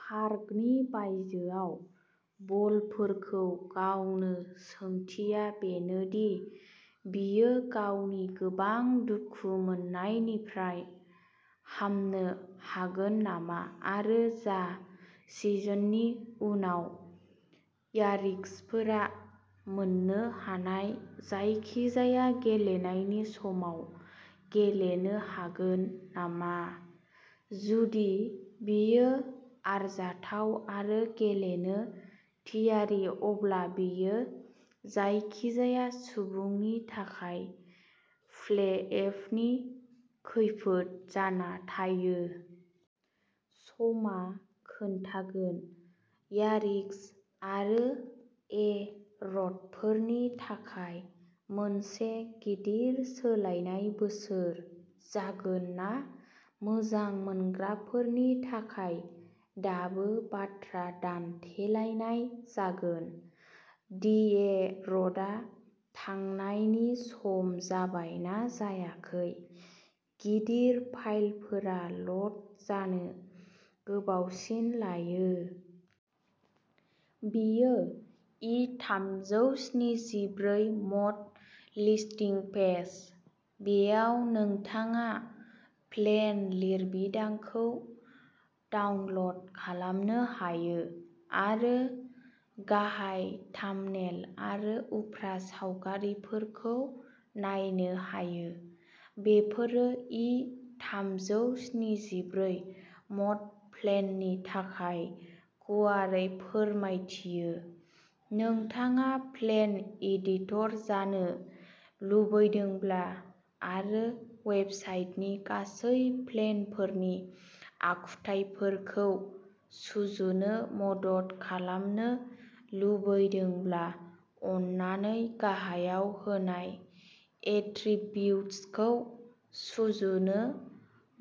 पार्कनि बायजोआव बलफोरखौ गावनो सोंथिया बेनो दि बियो गावनि गोबां दुखु मोननायनिफ्राय हामनो हागोन नामा आरो जा सिजननि उनाव यारिकसफोरा मोननो हानाय जायखिजाया गेलेनायनि समाव गेलेनो हागोन नामा। जुदि बियो आरजाथाव आरो गेलेनो थियारि अब्ला बियो जायखिजाया सुबुंनि थाखाय प्ले अफनि खैफोद जाना थायो। समआ खिन्थागोन यारिकस आरो ए रडफोरनि थाखाय मोनसे गिदिर सोलायनाय बोसोर जागोन ना मोजां मोनग्राफोरनि थाखाय दाबो बाथ्रा दान्थेलायनाय जागोन दि ए रडआ थांनायनि सम जाबाय ना जायाखै। गिदिर फाइलफोरा ल'ड जानो गोबावसिन लायो। बेयो इ थामजौ स्निजिब्रै मड लिस्टिं पेज। बेयाव नोंथाङा प्लेन लिरबिदांखौ डाउनल'ड खालामनो हायो आरो गाहाय थाम्बनेल आरो उफ्रा सावगारिफोरखौ नायनो हायो। बेफोरो इ थामजौ स्निजिब्रै मड प्लेननि थाखाय गुवारै फोरमायथियो। नोंथाङा प्लेन एडिटर जानो लुबैदोंब्ला आरो वेबसाइटनि गासैबो प्लेनफोरनि आखुथाइफोरखौ सुजुनो मदद खालामनो लुबैदोंब्ला अन्नानै गाहायाव होनाय एट्रिबियुट्सखौ सुजुनो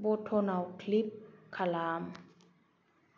बटनाव क्लिक खालाम।